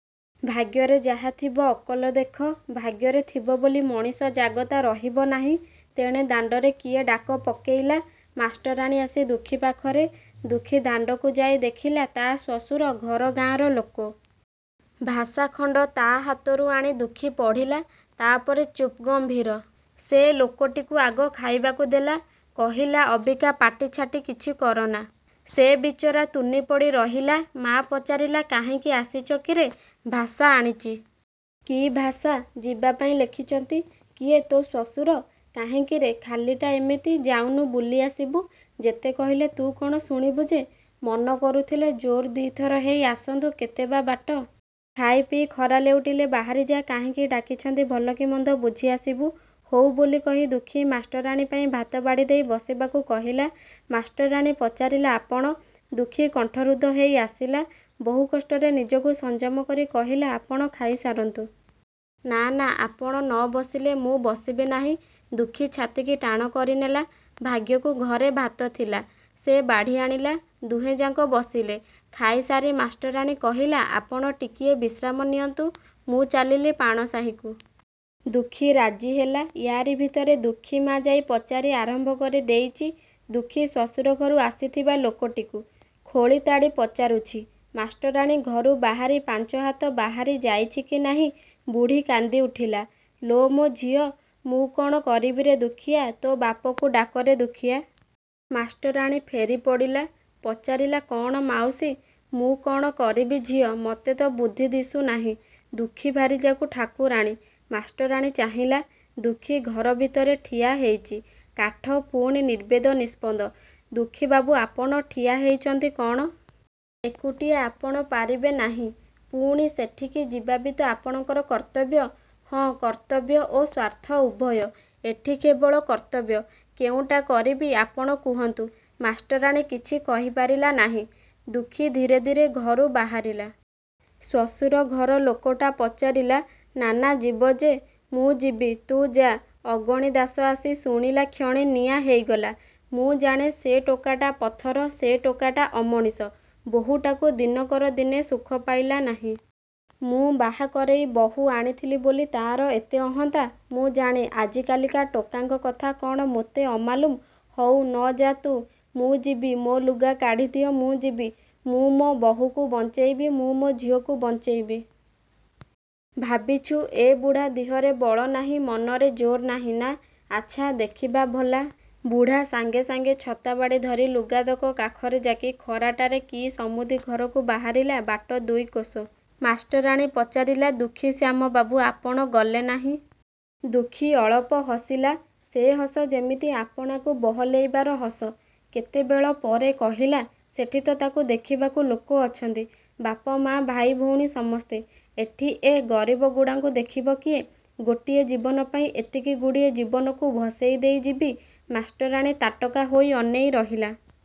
' ''ଭାଗ୍ୟରେ ଯାହା ଥିବ। '' ''ଅକଲ ଦେଖ। ଭାଗ୍ୟରେ ଥିବ ବୋଲି ମଣିଷ ଜାଗତା ରହିବ ନାହିଁ। '' ତେଣେ ଦାଣ୍ଡରେ କିଏ ଡାକ ପକେଇଲା। ମାଷ୍ଟରାଣୀ ଆସି ଦୁଃଖୀ ପାଖରେ। ଦୁଃଖୀ ଦାଣ୍ଡକୁ ଯାଇ ଦେଖିଲା, ତା' ଶ୍ୱଶୁର ଘର ଗାଁର ଲୋକ। ଭାଷା ଖଣ୍ଡ ତା' ହାତରୁ ଆଣି ଦୁଃଖୀ ପଢ଼ିଲା। ତା'ପରେ ଚୁପ୍ଗ ମ୍ଭୀର। ସେ ଲୋକଟିକୁ ଆଗ ଖାଇବାକୁ ଦେଲା। କହିଲା ଅବିକା ପାଟି ଛାଟି କିଛି କରନା। ସେ ବିଚରା ତୁନି ପଡ଼ି ରହିଲା। ମା ପଚାରିଲା ''କାହିଁକି ଆସିଚ କିରେ? '' ''ଭାଷା ଆଣିଚି। '' ''କି ଭାଷା? '' ''ଯିବାପାଇଁ ଲେଖିଚନ୍ତି। '' ''କିଏ ତୋ ଶ୍ୱଶୁର? କାହିଁକିରେ? '' ''ଖାଲିଟା ଏମିତି। '' ''ଯାଉନୁ'' ବୁଲି ଆସିବୁ। ଯେତେ କହିଲେ ତୁ କ'ଣ ଶୁଣିବୁ ଯେ! ମନ କରୁଥିଲେ ଜୋର୍ ଦି'ଥର ହେଇ ଆସନ୍ତୁ କେତେ ବା ବାଟ। ଖାଇପିଇ ଖରା ଲେଉଟିଲେ ବାହାରି ଯାକାହିଁକି ଡାକିଛନ୍ତି ଭଲ କି ମନ୍ଦ ବୁଝି ଆସିବୁ। '' 'ହୋଉ' ବୋଲି କହି ଦୁଃଖୀ ମାଷ୍ଟରାଣୀ ପାଇଁ ଭାତ ବାଢ଼ି ଦେଇ ବସିବାକୁ କହିଲା। ମାଷ୍ଟରାଣୀ ପଚାରିଲା 'ଆପଣ? ' ଦୁଃଖୀ କଣ୍ଠରୁଦ୍ଧ ହେଇ ଆସିଲା। ବହୁକଷ୍ଟରେ ନିଜକୁ ସଂଯମ କରି କହିଲା 'ଆପଣ ଖାଇସାରନ୍ତୁ। ' 'ନା ନା ଆପଣ ନ ବସିଲେ ମୁଁ ବସିବି ନାହିଁ। '' ଦୁଃଖୀ ଛାତିକି ଟାଣ କରିନେଲା। ଭାଗ୍ୟକୁ ଘରେ ଭାତ ଥିଲା। ସେ ବାଢ଼ି ଆଣିଲା। ଦୁହେଁଯାକ ବସିଲେ। ଖାଇସାରି ମାଷ୍ଟରାଣୀ କହିଲା ଆପଣ ଟିକିଏ ବିଶ୍ରାମ ନିଅନ୍ତୁ। ମୁଁ ଚାଲିଲି ପାଣ ସାହିକୁ। ଦୁଃଖୀ ରାଜିହେଲା। ଇୟାରି ଭିତରେ ଦୁଃଖୀ ମା ଯାଇ ପଚାରି ଆରମ୍ଭ କରି ଦେଇଚି, ଦୁଃଖୀ ଶ୍ୱଶୁର ଘରୁ ଆସିଥିବା ଲୋକଟିକୁ। ଖୋଳି ତାଡ଼ି ପଚାରୁଛି। ମାଷ୍ଟରାଣୀ ଘରୁ ବାହାରି ପାଞ୍ଚହାତ ବାହାରି ଯାଇଛି କି ନାହିଁ, ବୁଢ଼ୀ କାନ୍ଦିଉଠିଲା ''ଲୋ ମୋ ଝିଅ ମୁଁ କ'ଣ କରିବିରେ ଦୁଃଖୀଆ ତୋ ବାପକୁ ଡାକରେ ଦୁଃଖିଆ। '' ମାଷ୍ଟରାଣୀ ଫେରି ପଡ଼ିଲା। ପଚାରିଲା 'କ'ଣ ମାଉସୀ? '' 'ମୁଁ କ'ଣ କରିବି ଝିଅ? ମୋତେ ତ ବୁଦ୍ଧି ଦିଶୁନାହିଁ। ଦୁଃଖୀ ଭାରିଯାକୁ ଠାକୁରାଣୀ '। ମାଷ୍ଟରାଣୀ ଚାହିଁଲା। ଦୁଃଖୀ ଘର ଭିତରେ ଠିଆ ହେଇଚି କାଠ ପୁଣି ନିର୍ବେଦ ନିସ୍ପନ୍ଦ । ''ଦୁଃଖୀବାବୁ ଆପଣ ଠିଆ ହେଇଚନ୍ତି କ'ଣ? '' ''ଏକୁଟିଆ ଆପଣ ପାରିବେ ନାହିଁ। '' ''ପୁଣି ସେଠିକି ଯିବାବି ତ ଆପଣଙ୍କର କର୍ତ୍ତବ୍ୟ। '' ''ହଁ, କର୍ତ୍ତବ୍ୟ ଓ ସ୍ୱାର୍ଥ ଉଭୟ। ଏଠି କେବଳ କର୍ତ୍ତବ୍ୟ। କେଉଁଟା କରିବି? ଆପଣ କୁହନ୍ତୁ। '' ମାଷ୍ଟରାଣୀ କିଛି କହିପାରିଲା ନାହିଁ। ଦୁଃଖୀ ଧୀରେ ଧୀରେ ଘରୁ ବାହାରିଲା। ଶ୍ୱଶୁର ଘର ଲୋକଟା ପଚାରିଲା ''ନା ନା ଯିବ ଯେ। '' ''ମୁଁ ଯିବି, ତୁ ଯା। '' ଅଗଣିଦାଶ ଆସି ଶୁଣିଲାକ୍ଷଣି ନିଆଁ ହେଇଗଲା। ''ମୁଁ ଜାଣେ ସେ ଟୋକାଟା ପଥର ସେ ଟୋକାଟା ଅମଣିଷ। ବହୂଟାକୁ ଦିନକର ଦିନେ ସୁଖ ପାଇଲା ନାହିଁ। ମୁଁ ବାହା କରେଇ ବହୂ ଆଣିଥିଲି ବୋଲି ତା'ର ଏତେ ଅହନ୍ତା। ମୁଁ ଜାଣେ। ଆଜିକାଲିକା ଟୋକାଙ୍କ କଥା କ'ଣ ମୋତେ ଅମାଲୁମ? ହଉ ନ ଯା' ତୁ! ମୁଁ ଯିବି ମୋ ଲୁଗା କାଢ଼ି ଦିଅ ମୁଁ ଯିବି। ମୁଁ ମୋ ବହୂକୁ ବଞ୍ଚେଇବି ମୁଁ ମୋ ଝିଅକୁ ବଞ୍ଚେଇବି। ଭାବିଛୁ ଏ ବୁଢ଼ା ଦିହରେ ବଳ ନାହିଁ ମନରେ ଜୋର୍ ନାହିଁ ନା? ଆଚ୍ଛା, ଦେଖିବା ଭଲା। '' ବୁଢ଼ା ସାଙ୍ଗେ ସାଙ୍ଗେ ଛତା ବାଡ଼ି ଧରି ଲୁଗାତକ କାଖରେ ଯାକି ଖରାଟାରେ କି ସମୁଦିଘରକୁ ବାହାରିଲା ବାଟ ଦୁଇକୋଶ। ମାଷ୍ଟରାଣୀ ପଚାରିଲା ''ଦୁଃଖୀଶ୍ୟାମବାବୁ, ଆପଣ ଗଲେ ନାହିଁ? '' ଦୁଃଖୀ ଅଳପ ହସିଲା। ସେ ହସ ଯେମିତି ଆପଣାକୁ ବହଲେଇବାର ହସ। କେତେବେଳ ପରେ କହିଲା 'ସେଠିତ ତାକୁ ଦେଖିବାକୁ ଲୋକ ଅଛନ୍ତି ବାପ ମା, ଭାଇଭଉଣୀ ସମସ୍ତେ। ଏଠି ଏ ଗରିବଗୁଡ଼ାଙ୍କୁ ଦେଖିବ କିଏ? ଗୋଟିଏ ଜୀବନପାଇଁ ଏତିକିଗୁଡ଼ିଏ ଜୀବନକୁ ଭସେଇ ଦେଇ ଯିବି? '' ମାଷ୍ଟରାଣୀ ତାଟକା ହୋଇ ଅନେଇ ରହିଲା।